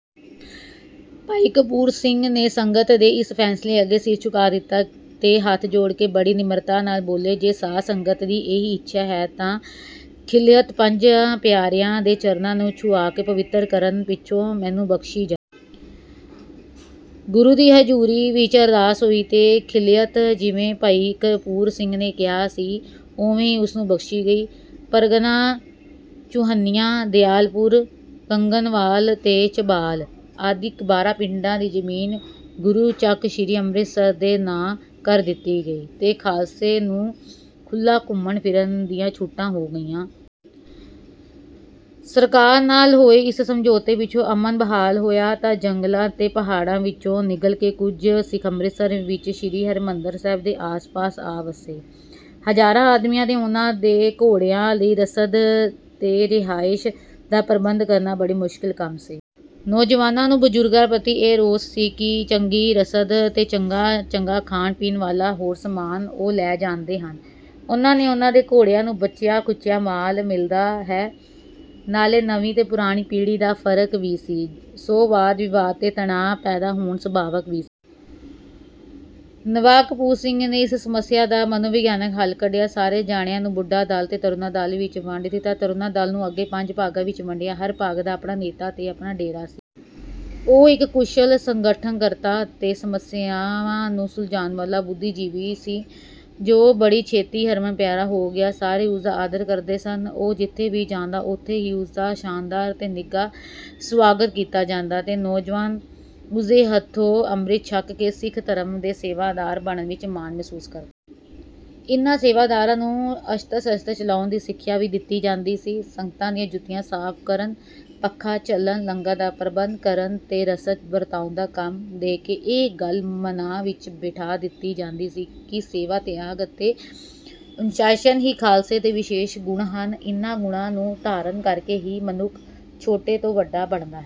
ਭਾਈ ਕਪੂਰ ਸਿੰਘ ਨੇ ਸੰਗਤ ਦੇ ਇਸ ਫੈਸਲੇ ਅੱਗੇ ਸਿਰ ਝੁਕਾ ਦਿੱਤਾ ਤੇ ਹੱਥ ਜੋੜ ਕੇ ਬੜੀ ਨਿਮਰਤਾ ਨਾਲ ਬੋਲੇ, "ਜੇ ਸਾਧ ਸੰਗਤ ਦੀ ਇਹੀ ਇੱਛਾ ਹੈ ਤਾਂ ਖਿਲਅਤ ਪੰਜਾਂ ਪਿਆਰਿਆਂ ਦੇ ਚਰਨਾਂ ਨਾਲ ਛੁਹਾ ਕੇ ਪਵਿੱਤਰ ਕਰਨ ਪਿੱਛੋਂ ਮੈਨੂੰ ਬਖ਼ਸ਼ੀ ਜਾਏ।" ਗੁਰੂ ਦੀ ਹਜੂਰੀ ਵਿੱਚ ਅਰਦਾਸ ਹੋਈ ਤੇ ਖਿਲਅਤ ਜਿਵੇਂ ਭਾਈ ਕਪੂਰ ਸਿੰਘ ਨੇ ਕਿਹਾ ਸੀ ਓਵੇਂ ਹੀ ਉਸਨੂੰ ਬਖ਼ਸ਼ੀ ਗਈ। ਪਰਗਨਾ ਚੂਹਨੀਆਂ ਦਿਆਲਪੁਰ ਕੰਗਨਵਾਲ ਤੇ ਝਬਾਲ ਆਦਿਕ ਬਾਰਾਂ ਪਿੰਡਾਂ ਦੀ ਜਮੀਨ ਗੁਰੂ ਚੱਕ ਸ਼੍ਰੀ ਅੰਮ੍ਰਿਤਸਰ ਦੇ ਨਾਂ ਕਰ ਦਿੱਤੀ ਗਈ ਤੇ ਖਾਲਸੇ ਨੂੰ ਖੁੱਲ੍ਹਾ ਘੁੰਮਣ-ਫਿਰਨ ਦੀਆਂ ਛੁਟਾਂ ਹੋ ਗਈਆਂ। ਸਰਕਾਰ ਨਾਲ ਹੋਏ ਇਸ ਸਮਝੌਤੇ ਪਿੱਛੋਂ ਅਮਨ ਬਹਾਲ ਹੋਇਆ ਤਾਂ ਜੰਗਲਾਂ ਤੇ ਪਹਾੜਾਂ ਵਿੱਚੋਂ ਨਿਕਲ ਕੇ ਕੁਝ ਸਿੱਖ ਅੰਮ੍ਰਿਤਸਰ ਵਿੱਚ ਸ਼੍ਰੀ ਹਰਿਮੰਦਰ ਸਾਹਿਬ ਦੇ ਆਸ-ਪਾਸ ਆ ਵੱਸੇ। ਹਜ਼ਾਰਾਂ ਆਦਮੀਆਂ ਤੇ ਉਹਨਾਂ ਦੇ ਘੋੜਿਆਂ ਲਈ ਰਸਦ ਤੇ ਰਿਹਾਇਸ਼ ਦਾ ਪ੍ਰਬੰਧ ਕਰਨਾ ਬੜਾ ਮੁਸ਼ਕਿਲ ਕੰਮ ਸੀ। ਨੌਜਵਾਨਾਂ ਨੂੰ ਬਜ਼ੁਰਗਾਂ ਪ੍ਰਤੀ ਇਹ ਰੋਸ ਸੀ ਕਿ ਚੰਗੀ ਰਸਦ ਤੇ ਚੰਗਾ-ਚੰਗਾ ਖਾਣ-ਪੀਣ ਵਾਲਾ ਹੋਰ ਸਾਮਾਨ ਉਹ ਲੈ ਜਾਂਦੇ ਹਨ, ਉਹਨਾਂ ਤੇ ਉਹਨਾਂ ਦੇ ਘੋੜਿਆਂ ਨੂੰ ਬਚਿਆ-ਖੁਚਿਆ ਮਾਲ ਮਿਲਦਾ ਹੈ। ਨਾਲੇ ਨਵੀਂ ਤੇ ਪੁਰਾਣੀ ਪੀੜ੍ਹੀ ਦਾ ਫ਼ਰਕ ਵੀ ਸੀ, ਸੋ ਵਾਦ-ਵਿਵਾਦ ਤੇ ਤਣਾਅ ਪੈਦਾ ਹੋਣਾ ਸੁਭਾਵਕ ਵੀ ਸੀ। ਨਵਾਬ ਕਪੂਰ ਸਿੰਘ ਨੇ ਇਸ ਸਮੱਸਿਆ ਦਾ ਮਨੋਵਿਗਿਆਨਕ ਹੱਲ ਕੱਢਿਆ। ਸਾਰੇ ਜਣਿਆਂ ਨੂੰ ਬੁੱਢਾ-ਦਲ ਤੇ ਤਰੂਣਾ-ਦਲ ਵਿੱਚ ਵੰਡ ਦਿੱਤਾ। ਤਰੂਣਾ-ਦਲ ਨੂੰ ਅੱਗੇ ਪੰਜ ਭਾਗਾਂ ਵਿੱਚ ਵੰਡਿਆ। ਹਰ ਭਾਗ ਦਾ ਆਪਣਾ ਨੇਤਾ ਤੇ ਆਪਣਾ ਡੇਰਾ ਸੀ। ਉਹ ਇੱਕ ਕੁਸ਼ਲ ਸੰਗਠਨਕਰਤਾ ਤੇ ਸਮੱਸਿਆਵਾਂ ਨੂੰ ਸੁਲਝਾਉਣ ਵਾਲਾ ਬੁੱਧੀਜੀਵੀ ਸੀ। ਸੋ ਬੜੀ ਛੇਤੀ ਹਰਮਨ ਪਿਆਰਾ ਹੋ ਗਿਆ। ਸਾਰੇ ਉਸਦਾ ਆਦਰ ਕਰਦੇ ਸਨ। ਉਹ ਜਿੱਥੇ ਵੀ ਜਾਂਦਾ ਉੱਥੇ ਹੀ ਉਸਦਾ ਸ਼ਾਨਦਾਰ ਤੇ ਨਿੱਘਾ ਸਵਾਗਤ ਕੀਤਾ ਜਾਂਦਾ ਤੇ ਨੌਜਵਾਨ ਉਸਦੇ ਹੱਥੋਂ ਅੰਮ੍ਰਿਤ ਛਕ ਕੇ ਸਿੱਖ ਧਰਮ ਦੇ ਸੇਵਾਦਾਰ ਬਣਨ ਵਿੱਚ ਮਾਣ ਮਹਿਸੂਸ ਕਰਦੇ। ਇਹਨਾਂ ਸੇਵਾਦਾਰਾਂ ਨੂੰ ਅਸਤਰ-ਸ਼ਸਤਰ ਚਲਾਉਣ ਦੀ ਸਿੱਖਿਆ ਵੀ ਦਿੱਤੀ ਜਾਂਦੀ ਸੀ। ਸੰਗਤਾਂ ਦੀਆਂ ਜੁੱਤੀਆਂ ਸਾਫ ਕਰਨ, ਪੱਖਾ ਝੱਲਣ, ਲੰਗਰ ਦਾ ਪ੍ਰਬੰਧ ਕਰਨ ਤੇ ਰਸਦ ਵਰਤਾਉਣ ਦਾ ਕੰਮ ਦੇ ਕੇ ਇਹ ਗੱਲ ਮਨਾਂ ਵਿੱਚ ਬਿਠਾ ਦਿੱਤੀ ਜਾਂਦੀ ਸੀ ਕਿ ਸੇਵਾ ਤਿਆਗ ਅਤੇ ਅਨੁਸ਼ਾਸਨ ਹੀ ਖਾਲਸੇ ਦੇ ਵਿਸ਼ੇਸ਼ ਗੁਣ ਹਨ ਤੇ ਇਹਨਾਂ ਗੁਣਾਂ ਨੂੰ ਧਾਰਨ ਕਰਕੇ ਹੀ ਮਨੁੱਖ ਛੋਟੇ ਤੋਂ ਵੱਡਾ ਬਣਦਾ ਹੈ।